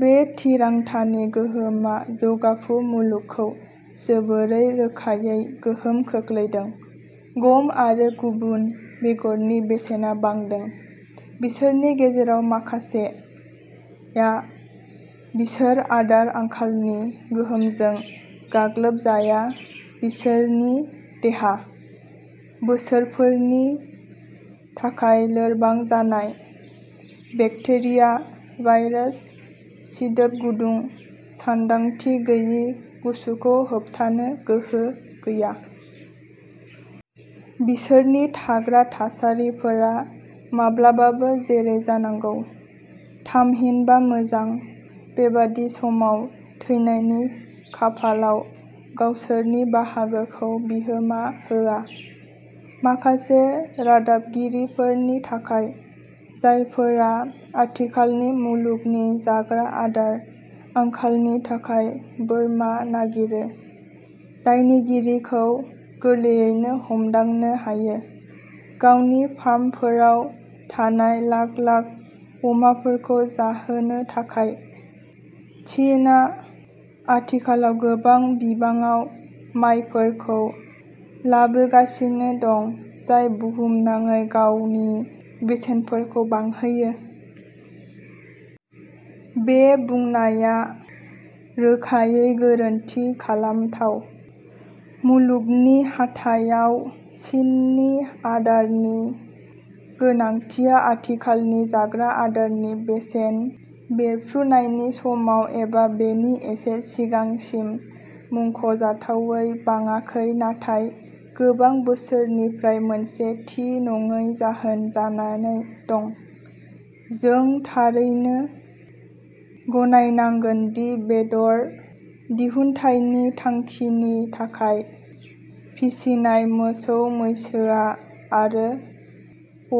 बे थिरांथानि गोहोमा जौगाफु मुलुगखौ जोबोर रोखायै गोहोम खोख्लैदों, गम आरो गुबुन बेगरनि बेसेना बांदों। बिसोरनि गेजेराव माखासेआ, बिसोर आदार आंखालनि गोहोमजों गाग्लोबजाया बिसोरनि देहा, बोसोरफोरनि थाखाय लोरबां जानाय, बेक्टेरिया, भाइरास, सिदोब गुदुं, सानदांथि गैयै गुसुखौ होबथानो गोहो गैया। बिसोरनि थाग्रा थासारिफोरा, माब्लाबाबो जेरै जानांगौ, थामहिनबा मोजां, बेबादि समाव थैनायनि खाफालाव गावसोरनि बाहागोखौ बिहोमा होआ। माखासे रादाबगिरिफोरनि थाखाय, जायफोरा आथिखालनि मुलुगनि जाग्रा आदार आंखालनि थाखाय बोरमा नागिरो, दायनिगिरिखौ गोरलैयैनो हमदांनो हायो। गावनि फार्मफोराव थानाय लाख लाख अमाफोरखौ जाहोनो थाखाय, चीनआ आथिखालाव गोबां बिबाङाव मायफोरखौ लाबोगासिनो दं, जाय बुहुमनाङै गावनि बेसेनफोरखौ बांहोयो। "बे बुंनाया रोखायै गोरोन्थि खालामथाव। मुलुगनि हाथायाव चीननि आदारनि गोनांथिया आथिखालनि जाग्रा आदारनि बेसेन बेरफ्रुनायनि समाव एबा बेनि एसे सिगांसिम मुंख'जाथावै बाङाखै नाथाय गोबां बोसोरफोरनिफ्राय मोनसे थि नङै जाहोन जानानै दं। जों थारैनो गनायनांगोन दि बेदर दिहुन्थायनि थांखिनि थाखाय फिसिनाय मोसौ मैसो आरो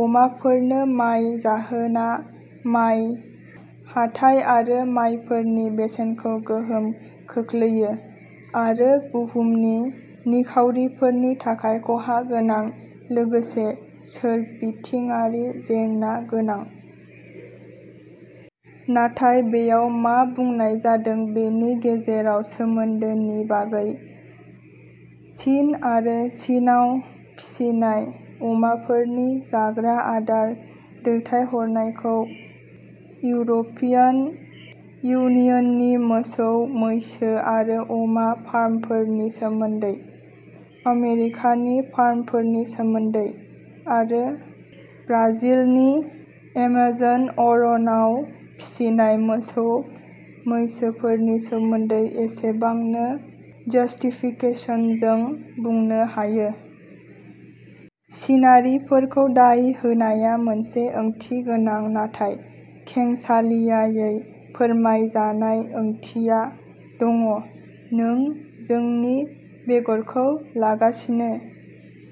अमाफोरनो माय जाहोना माय हाथाइ आरो मायफोरनि बेसेनखौ गोहोम खोख्लैयो, आरो बुहुमनि निखावरिफोरनि थाखाय खहा गोनां लोगोसे सोरबिथिंआरि जेंना गोनां। नाथाय बेयाव मा बुंनाय जादों बेनि गेजेराव सोमोन्दोनि बागै। चीन आरो चीनआव फिसिनाय अमाफोरनो जाग्रा आदार दैथायहरनायखौ इउर'पियान इउनियननि मोसौ मैसो आरो अमा फार्मफोरनि सोमोन्दै, आमेरिकानि फार्मफोरनि सोमोन्दै, आरो ब्राजिलनि एमेजन अरनाव फिसिनाय मोसौ मैसोफोरनि सोमोन्दै एसेबांनो जस्टिफिकेशनजों बुंनो हायो। चीनारिफोरखौ दाय होनाया मोनसे ओंथिगोनां नाथाय खेंसालियायै फोरमायजानाय ओंथिया दङ' नों जोंनि बेगरखौ लागासिनो।''